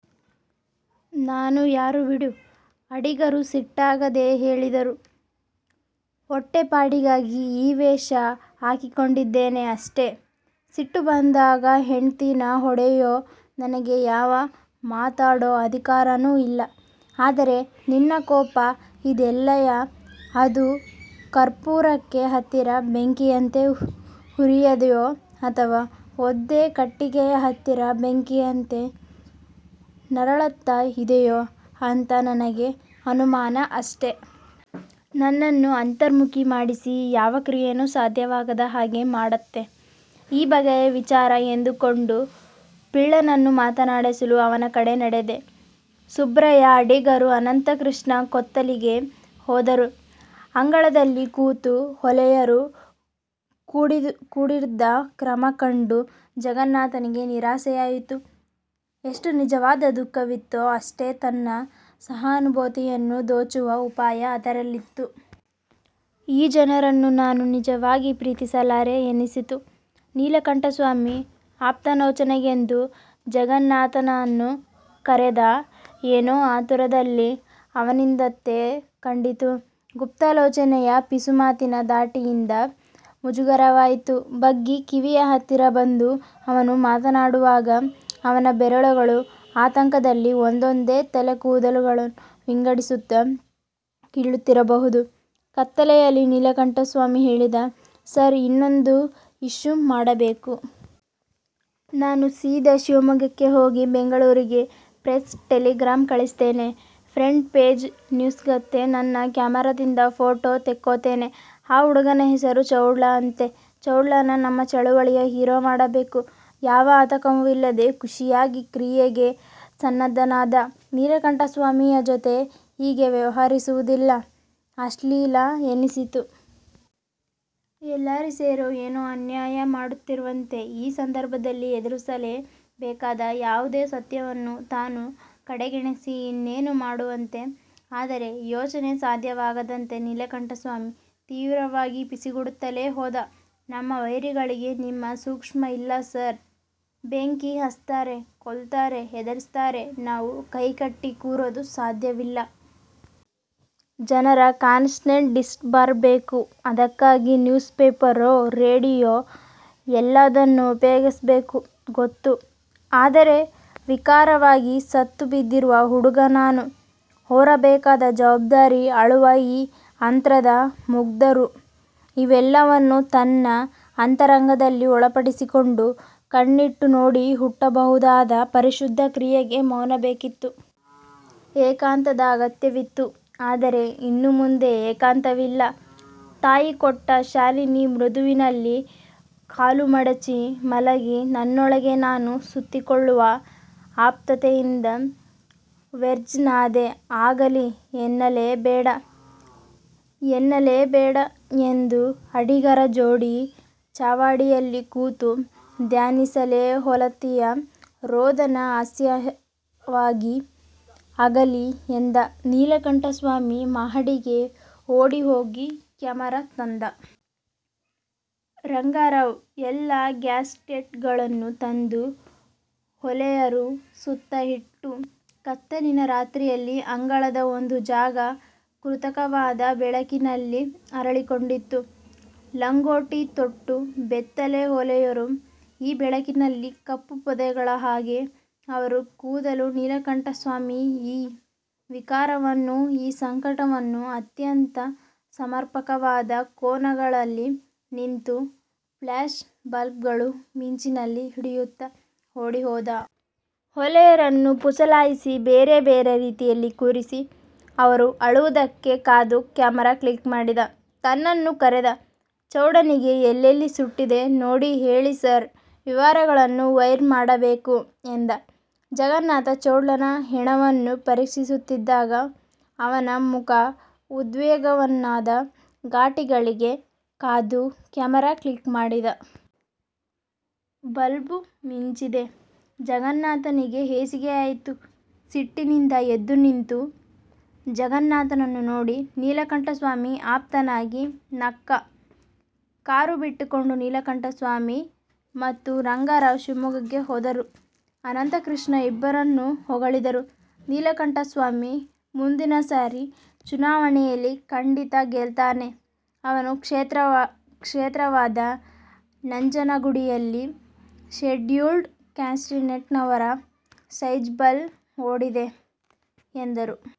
ನಾನು ಯಾರು ಬಿಡು' ಅಡಿಗರು ಸಿಟ್ಟಾಗದೆ ಹೇಳಿದರು: 'ಹೊಟ್ಟೆಪಾಡಿಗಾಗಿ ಈ ವೇಷ ಹಾಕ್ಕೊಂಡಿದೇನೆ-ಅಷ್ಟೇ. ಸಿಟ್ಟು ಬಂದಾಗ ಹೆಂಡ್ತೀನ ಹೊಡೆಯೋ ನನಗೆ ಯಾವ ಮಾತಾಡೋ ಅಧಿಕಾರನೂ ಇಲ್ಲ. ಆದರೆ ನಿನ್ನ ಕೋಪ ಇದೆಯಲ್ಲ ಅದು ಕರ್ಪೂರಕ್ಕೆ ಹತ್ತಿದ ಬೆಂಕಿಯಂತೆ ಉರೀತಿದೆಯೋ, ಅಥವಾ ಒದ್ದೆ ಕಟ್ಟಿಗೆಗೆ ಹತ್ತಿದ ಬೆಂಕಿಯಂತೆ ನರಳ್ತ ಇದೆಯೋ ಅಂತ ನನಗೆ ಅನುಮಾನ-ಅಷ್ಟೆ'. ನನ್ನನ್ನ ಅಂತರ್ಮುಖಿ ಮಾಡಿಸಿ ಯಾವ ಕ್ರಿಯೇನೂ ಸಾಧ್ಯವಾಗದ ಹಾಗೆ ಮಾಡತ್ತೆ ಈ ಬಗೆಯ ವಿಚಾರ ಎಂದುಕೊಂಡು ಪಿಳ್ಳನನ್ನು ಮಾತಾಡಿಸಲು ಅವನ ಕಡೆ ನಡೆದ. ಸುಬ್ರಾಯ ಅಡಿಗರು ಅನಂತಕೃಷ್ಣ ಕೂತಲ್ಲಿಗೆ ಹೋದರು. ಅಂಗಳದಲ್ಲಿ ಕೂತು ಹೊಲೆಯರು ಗೋಳಿಡುತ್ತಿದ್ದ ಕ್ರಮ ಕಂಡು ಜಗನ್ನಾಥನಿಗೆ ನಿರಾಸೆಯಾಯಿತು. ಎಷ್ಟು ನಿಜವಾದ ದುಃಖವಿತ್ತೊ ಅಷ್ಟೇ ತನ್ನ ಸಹಾನುಭೂತಿಯನ್ನು ದೋಚುವ ಉಪಾಯ ಅದರಲ್ಲಿತ್ತು. ಈ ಜನರನ್ನು ನಾನು ನಿಜವಾಗಿ ಪ್ರೀತಿಸಲಾರೆ-ಎನ್ನಿಸಿತು. ನೀಲಕಂಠಸ್ವಾಮಿ ಆಪ್ತಾಲೋಚನೆಗೆಂದು ಜಗನ್ನಾಥನನ್ನು ಕರೆದ. ಏನೋ ಆತುರದಲ್ಲಿ ಅವನಿದ್ದಂತೆ ಕಂಡಿತು. ಗುಪ್ತಾಲೋಚನೆಯ ಪಿಸುಮಾತಿನ ಧಾಟಿಯಿಂದ ಮುಜುಗರವಾಯಿತು. ಬಗ್ಗಿ ಕಿವಿಯ ಹತ್ತಿರ ಬಂದು ಅವನು ಮಾತಾಡುವಾಗ ಅವನ ಬೆರಳುಗಳು ಆತಂಕದಲ್ಲಿ ಒಂದೊಂದೇ ತಲೆಗೂದಲನ್ನು ವಿಂಗಡಿಸುತ್ತ ಕೀಳುತ್ತಿರಬಹುದು. ಕತ್ತಲೆಯಲ್ಲಿ ನೀಲಕಂಠಸ್ವಾಮಿ ಹೇಳಿದ: 'ಸಾರ್ ಇದನ್ನೊಂದು ಇಶ್ಯೂ ಮಾಡಬೇಕು. ನಾನು ಸೀದ ಶಿಮೊಗ್ಗಕ್ಕೆ ಹೋಗಿ ಬೆಂಗಳೂರಿಗೆ ಪ್ರೆಸ್ ಟೆಲಿಗ್ರಾಂ ಕಳಿಸ್ತೇನೆ. ಫ್ರಂಟ್ ಪೇಜ್ ನ್ಯೂಸಾಗತ್ತೆ. ನನ್ನ ಕ್ಯಾಮರಾದಿಂದ ಫೋಟೋ ತೆಕ್ಕೋತೇನೆ-ಆ ಹುಡುಗನ ಹೆಸರು ಚೌಡ ಅಂತೆ. ಚೌಡನ್ನ ನಮ್ಮ ಚಳುವಳಿಯ ಹೀರೋ ಮಾಡಬೇಕು'. ಯಾವ ಆತಂಕವೂ ಇಲ್ಲದೆ ಖುಷಿಯಾಗಿ ಕ್ರಿಯೆಗೆ ಸನ್ನದ್ಧನಾದ ನೀಲಕಂಠಸ್ವಾಮಿಯ ಜೊತೆ ಹೀಗೆ ವ್ಯವಹರಿಸುವುದು ಅಶ್ಲೀಲ ಎನ್ನಿಸಿತು. ಎಲ್ಲರೂ ಸೇರಿ ಏನೋ ಅನ್ಯಾಯ ಮಾಡುತ್ತಿರುವಂತೆ; ಈ ಸಂದರ್ಭದಲ್ಲಿ ಎದುರಿಸಲೇ ಬೇಕಾದ ಯಾವುದೋ ಸತ್ಯವನ್ನು ತಾನು ಕಡೆಗಣಿಸಿ ಇನ್ನೇನೋ ಮಾಡುತ್ತಿದ್ದಂತೆ. ಆದರೆ ಯೋಚನೆ ಸಾಧ್ಯವಾಗದಂತೆ ನೀಲಕಂಠಸ್ವಾಮಿ ತೀವ್ರವಾಗಿ ಪಿಸುಗುಡುತ್ತಲೇ ಹೋದ: 'ನಮ್ಮ ವೈರಿಗಳಿಗೆ ನಿಮ್ಮ ಸೂಕ್ಷ್ಮ ಇಲ್ಲ ಸಾರ್. ಬೆಂಕಿ ಹಚ್ತಾರೆ. ಕೊಲ್ತಾರೆ. ಹೆದರಿಸ್ತಾರೆ. ನಾವು ಕೈಕಟ್ಟಿ ಕೂರೋದು ಸಾಧ್ಯವಿಲ್ಲ. ಜನರ ಕಾನ್ಶನ್ಸ್ನ ಡಿಸ್ಟರ್ಬ್ಮಾಡ್ಬೇಕು. ಅದಕ್ಕಾಗಿ ನ್ಯೂಸ್ ಪೇಪರ್ರು, ರೇಡಿಯೋ ಎಲ್ಲವದನ್ನೂ ಉಪಯೋಗಿಸ್ಕೋಬೇಕು'. ಗೊತ್ತು. ಆದರೆ ವಿಕಾರವಾಗಿ ಸತ್ತು ಬಿದ್ದಿರುವ ಹುಡುಗ ನಾನು ಹೊರಬೇಕಾದ ಜವಾಬ್ದಾರಿ ಅಳುವ ಈ ಅತಂತ್ರ ಮುಗ್ಧರು? ಇವೆಲ್ಲವನ್ನೂ ತನ್ನ ಅಂತರಂಗದಲ್ಲಿ ಒಳಪಡಿಸಿಕೊಂಡು ಕಣ್ಣಿಟ್ಟು ನೋಡಿ ಹುಟ್ಟಬಹುದಾದ ಪರಿಶುದ್ಧ ಕ್ರಿಯೆಗೆ ಮೌನ ಬೇಕಿತ್ತು. ಏಕಾಂತದ ಅಗತ್ಯವಿತ್ತು. ಆದರೆ ಇನ್ನುಮುಂದೆ ಏಕಾಂತವಿಲ್ಲ. ತಾಯಿ ಕೊಟ್ಟ ಶಾಲಿನ ಮೃದುವಿನಲ್ಲಿ ಕಾಲುಮಡಚಿ ಮಲಗಿ ನನ್ನೊಳಗೇ ನಾನು ಸುತ್ತಿಕೊಳ್ಳುವ ಆಪ್ತತೆಯಿಂದ ವರ್ಜ್ಯನಾದೆ. ಆಗಲಿ ಎನ್ನಲೆ, ಬೇಡ ಎನ್ನಲೆ, ಬೇಡ ಎಂದು ಅಡಿಗರ ಜೋಡಿ ಚಾವಡಿಯಲ್ಲಿ ಕೂತು ಧ್ಯಾನಿಸಲೆ ಹೊಲತಿಯ ರೋದನ ಅಸಹ್ಯವಾಗಿತ್ತು. 'ಆಗಲಿ' ಎಂದ. ನೀಲಕಂಠಸ್ವಾಮಿ ಮಹಡಿಗೆ ಓಡಿಹೋಗಿ ಕ್ಯಾಮರಾ ತಂದ. ರಂಗರಾವ್ ಎಲ್ಲ ಗ್ಯಾಸ್ಲೈಟ್ಗಳನ್ನೂ ತಂದು ಹೊಲೆಯರ ಸುತ್ತ ಇಟ್ಟ. ಕತ್ತಲಿನ ರಾತ್ರೆಯಲ್ಲಿ ಅಂಗಳದ ಒಂದು ಜಾಗ ಕೃತಕವಾದ ಬೆಳಕಿನಲ್ಲಿ ಅರಳಿಕೊಂಡಿತು. ಲಂಗೋಟಿ ತೊಟ್ಟ ಬೆತ್ತಲೆ ಹೊಲೆಯರು ಈ ಬೆಳಕಿನಲ್ಲಿ. ಕಪ್ಪು ಪೊದೆಗಳ ಹಾಗೆ ಅವರ ಕೂದಲು. ನೀಲಕಂಠಸ್ವಾಮಿ ಈ ವಿಕಾರವನ್ನು, ಈ ಸಂಕಟವನ್ನು ಅತ್ಯಂತ ಸಮರ್ಪಕವಾದ ಕೋನಗಳಲ್ಲಿ ನಿಂತು ಫ್ಯ್ಲಾಶ್ ಬಲ್ಬುಗಳ ಮಿಂಚಿನಲ್ಲಿ ಹಿಡಿಯುತ್ತ ಓಡಾಡಿದ. ಹೊಲೆಯರನ್ನು ಪುಸಲಾಯಿಸಿ ಬೇರೆ ಬೇರೆ ರೀತಿಯಲ್ಲಿ ಕೂರಿಸಿ, ಅವರು ಅಳುವುದಕ್ಕೆ ಕಾದು ಕ್ಯಾಮರಾ ಕ್ಲಿಕ್ ಮಾಡಿದ. ತನ್ನನ್ನು ಕರೆದ. 'ಚೌಡನಿಗೆ ಎಲ್ಲೆಲ್ಲಿ ಸುಟ್ಟಿದೆ ನೋಡಿ ಹೇಳಿ ಸಾರ್. ವಿವರಗಳನ್ನು ವೈರ್ ಮಾಡಬೇಕು' ಎಂದ. ಜಗನ್ನಾಥ ಚೌಡನ ಹೆಣವನ್ನು ಪರೀಕ್ಷಿಸುತ್ತಿದ್ದಾಗ ಅವನ ಮುಖ ಉದ್ವಿಗ್ನವಾದ ಘಳಿಗೆಗೆ ಕಾದು ಕ್ಯಾಮರಾ ಕ್ಲಿಕ್ ಮಾಡಿದ. ಬಲ್ಬು ಮಿಂಚಿದ್ದೆ ಜಗನ್ನಾಥನಿಗೆ ಹೇಸಿಗೆಯಾಯಿತು. ಸಿಟ್ಟಿನಿಂದ ಎದ್ದು ನಿಂತ ಜಗನ್ನಾಥನನ್ನು ನೋಡಿ ನೀಲಕಂಠಸ್ವಾಮಿ ಆಪ್ತನಾಗಿ ನಕ್ಕ. ಕಾರು ಬಿಟ್ಟುಕೊಂಡು ನೀಲಕಂಠಸ್ವಾಮಿ ಮತ್ತು ರಂಗರಾವ್ ಶಿವಮೊಗ್ಗಕ್ಕೆ ಹೋದರು, ಅನಂತಕೃಷ್ಣ ಇಬ್ಬರನ್ನೂ ಹೊಗಳಿದರು: 'ನೀಲಕಂಠಸ್ವಾಮಿ ಮುಂದಿನ ಸಾರಿ ಚುನಾವಣೇಲಿ ಖಂಡಿತ ಗೆಲ್ತಾನೆ. ಅವನ ಕ್ಷೇತ್ರವಾದ ನಂಜನಗೂಡಿನಲ್ಲಿ ಷೆಡ್ಯೂಲ್ಡ್ ಕ್ಯಾಸ್ಟಿನವರ ಸೈಝಬಲ್ ಓಟಿದೆ' ಎಂದರು.